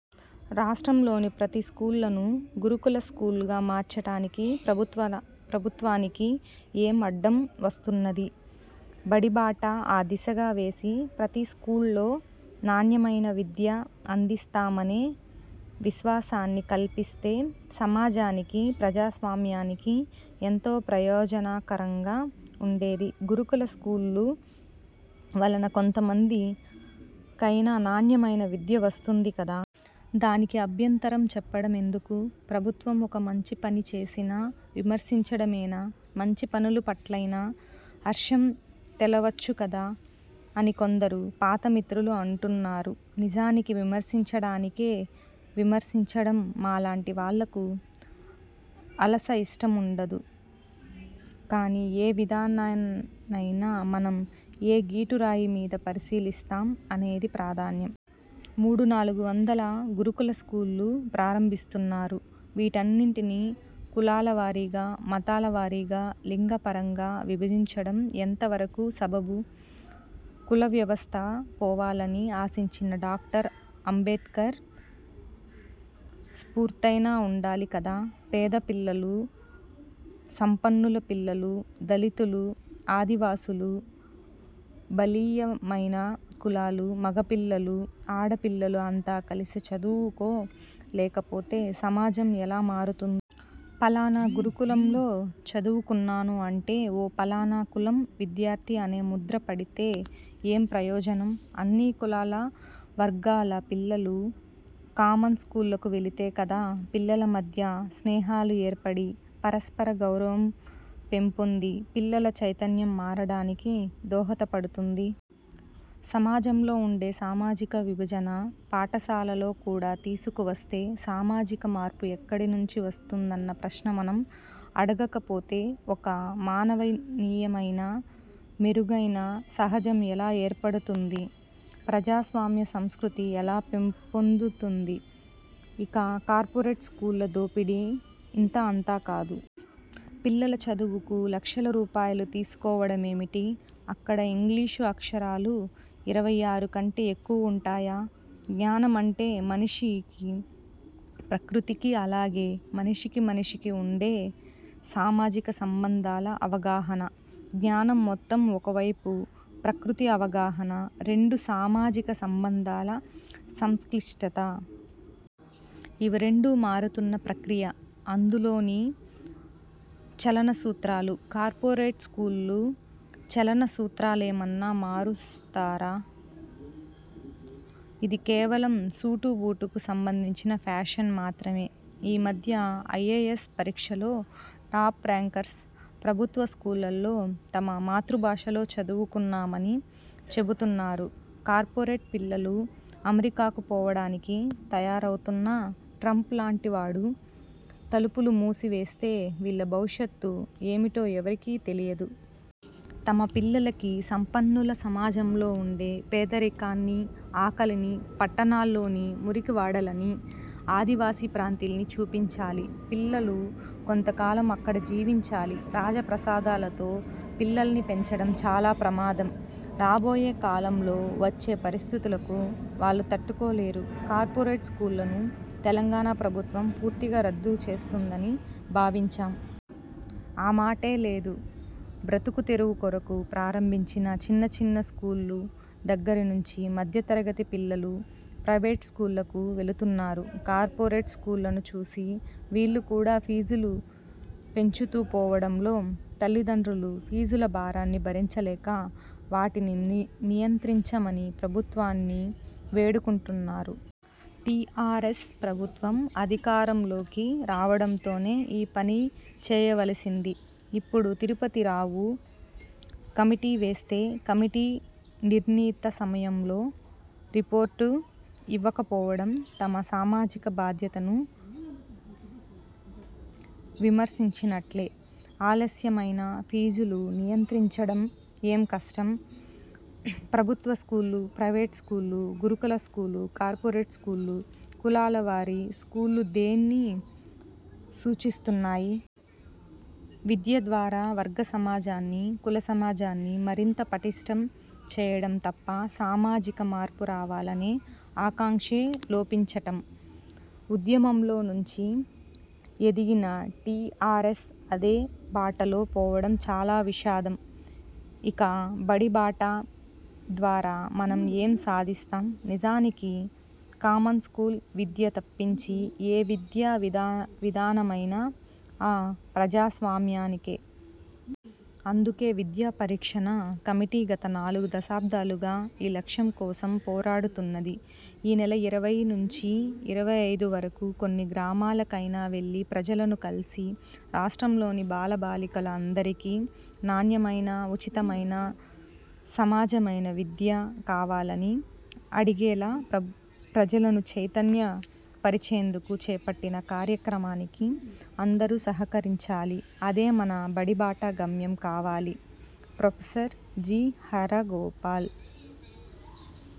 రాష్ట్రంలోని ప్రతి స్కూలును గురుకుల స్కూలుగా మార్చడానికి ప్రభుత్వానికి ఏం అడ్డం వస్తున్నది? బడి బాట ఆ దిశగా వేసి ప్రతి స్కూలులో నాణ్యమైన విద్య అందిస్తామనే విశ్వాసాన్ని కల్పిస్తే సమాజానికి, ప్రజాస్వామ్యానికి ఎంతో ప్రయోజన కరంగా ఉండేది. గురుకుల స్కూళ్ళ వలన కొంతమంది కైనా నాణ్యమైన విద్య వస్తుంది కదా! దానికి అభ్యంతరం చెప్పడ మెందుకు. ప్రభుత్వం ఒక మంచి పని చేసినా విమర్శించడమేనా, మంచి పనుల పట్లైనా హర్షం తెల వాచ్చు కదా అని కొందరు పాత మిత్రులు అంటున్నారు. నిజానికి విమర్శించడానికే విమర్శించడం మాలాంటి వాళ్ళకు అలాస ఇష్టం ఉండదు. కాని ఏ విధానాన్నైనా మనం ఏ గీటురాయి మీద పరిశీలిస్తాం అనేది ప్రధానం. మూడు నాలుగు వందల గురుకుల స్కూళ్ళు ప్రారంభిస్తున్నారు. వీటన్నింటినీ కులాల వారీగా, మతాల వారీగా, లింగ పరంగా విభజించడం ఎంత వరకు సబబు? కుల వ్యవస్థ పోవాలని ఆశించిన డాక్టర్ అంబేడ్కర్ స్ఫూర్తైనా ఉండాలి కదా. పేద పిల్లలు, సంపన్నుల పిల్లలు, దళితులు, ఆదివాసీలు, బలీయ మైన కులాలు, మగపిల్లలు, ఆడపిల్లలు అంతా కలిసి చదువుకో లేకపోతే సమాజం ఎలా మారుతుంది. ఫలానా గురుకులంలో చదువుకున్నాను అంటే ఓ ఫలానా కులం విద్యార్థి అనే ముద్ర పడితే ఏం ప్రయోజనం. అన్ని కులాల వర్గాల పిల్లలు కామన్ స్కూల్ కు వెళితే కదా పిల్లల మధ్య స్నేహాలు ఏర్పడి, పరస్పర గౌరవం పెంపొంది పిల్లల చైతన్యం మారడానికి దోహద పడుతుంది. సమాజంలో ఉండే సామాజిక విభజన పాఠశాలలో కూడా తీసుకు వస్తే, సామాజిక మార్పు ఎక్కడి నుంచి వస్తుందన్న ప్రశ్న మనం అడగక పోతే, ఒక మానవీయమైన మెరుగైన స హాజం ఎలా ఏర్పడుతుంది. ప్రజాస్వామ్య సంస్కృతి ఎలా పెంపొందుతుంది? ఇక కార్పొరేట్ స్కూళ్ళ దోపిడీ ఇంతా అంతా కాదు. పిల్లల చదువుకు లక్షల రూపాయలు తీసుకోవడమేమిటి? అక్కడ ఇంగ్లీషు అక్షరాలు ఇరవై ఆరు కంటే ఎక్కువ ఉంటాయా? జ్ఞానం అంటే మనిషి, ప్రకృతికి, అలాగే మనిషికి మనిషికి ఉండే సామాజిక సంబంధాల అవగాహన. జ్ఞానం మొత్తం ఒకవైపు ప్రకృతి అవగాహన, రెండు సామాజిక సంబంధాల సంక్లిష్టత. ఇవి రెండు మారుతున్న ప్రక్రియ, అందులోని చలన సూత్రాలు. కార్పొరేట్ స్కూళ్ళు చలన సూత్రాలనేమన్నా మారుసారా? ఇది కేవలం సూటు బూటుకు సంబంధించిన ఫ్యాషన్ మాత్రమే. ఈ మధ్య ఐఏఎస్ పరీక్షలో టాప్ ర్యాంకర్స్ ప్రభుత్వ స్కూళ్ళల్లో తమ మాతృభాషలో చదువుకున్నామని చెబుతున్నారు. కార్పొరేట్ పిల్లలు అమెరికాకు పోవడానికి తయారవుతున్నా ట్రంప్ లాంటి వాడు తలుపులు మూసివేస్తే వీళ్ళ భవిష్యత్తు ఏమిటో ఎవరికీ తెలియదు. తమ పిల్లలకి సంపన్నులు సమాజంలో ఉండే పేదరికాన్ని, ఆకలిని పట్టణాల లోని మురికి వాడలని, ఆదివాసీ ప్రాంతాల్ని చూపించాలి. పిల్లలు కొంత కాలం అక్కడ జీవించాలి. రాజ ప్రసాదాలలో పిల్లల్ని పెంచడం చాలా ప్రమాదం. రాబోయే కాలంలో వచ్చే పరిస్థితులకు వాళ్ళు తట్టుకోలేరు. కార్పొరేట్ స్కూళ్ళను తెలంగాణ ప్రభుత్వం పూర్తిగా రద్దు చేస్తుందని భావించాం. ఆ మాటే లేదు! బ్రతుకు తెరువు కొరకు ప్రారంభించిన చిన్న చిన్న స్కూలు దగ్గరి నుంచి మధ్య తరగతి పిల్లలు ప్రైవేటు స్కూళ్ళకు వెళుతున్నారు. కార్పొరేట్ స్కూళ్ళను చూసి వీళ్ళు కూడా ఫీజులు పెంచుతూ పోవడంలో తల్లి దండ్రులు ఫీజుల భారాన్ని భరించలేక వాటిని నియంత్రించమని ప్రభుత్వాన్ని వేడుకుంటున్నారు. టీఆర్ఎస్ ప్రభుత్వం అధికారం లోకి రావడంతోనే ఈ పనిచేయవలసింది. ఇప్పుడు తిరుపతి రావు కమిటీ వేస్తే, కమిటీ నిర్ణీత సమయంలో రిపోర్టు ఇవ్వకపోవడం తమ సామాజిక బాధ్యతను విస్మరించినట్లే. ఆలస్యమైనా ఫీజులు నియంత్రించడం ఏం కష్టం? ప్రభుత్వ స్కూళ్ళు, ప్రైవేటు స్కూళ్ళు, గురుకుల స్కూళ్ళు, కార్పొరేట్ స్కూళ్ళు, కులాల వారీ స్కూళ్ళు దేన్ని సూచిస్తున్నాయి? విద్య ద్వారా వర్గ సమాజాన్ని, కుల సమాజాన్ని మరింత పటిష్ఠం చేయడం తప్ప సామాజిక మార్పు రావాలనే ఆకాంక్షే లోపించటం, ఉద్యమంలో నుంచి ఎదిగిన టీఆర్ఎస్ అదే బాటలో పోవడం చాలా విషాదం. ఇక 'బడి బాట' ద్వారా మనం ఏం సాధిస్తాం? నిజానికి కామన్ స్కూల్ విద్య తప్పించి, ఏ విద్యా విధానమైనా అ ప్రజాస్వా యానికి. అందుకే విద్యా పరిక్షణ కమిటీ గత నాలుగు దశాబ్దాలుగా ఈ లక్ష్యం కోసం పోరాడుతున్నది. ఈ నెల ఇరవై నుంచి ఇరవై ఐదు వరకు కొన్ని గ్రామాల కైనా వెళ్ళి ప్రజలను కలిసి, రాష్ట్రంలోని బాల బాలికల అందరికీ నాణ్యమైన, ఉచితమైన, సమాజామైన విద్య కావాలని అడిగేలా ప్రజలను చైతన్య పరిచేందుకు చేపట్టిన కార్యక్రమానికి అందరూ సహకరించాలి. అదే మన బడి బాట గమ్యం కావాలి. Professor G. హరగోపాల్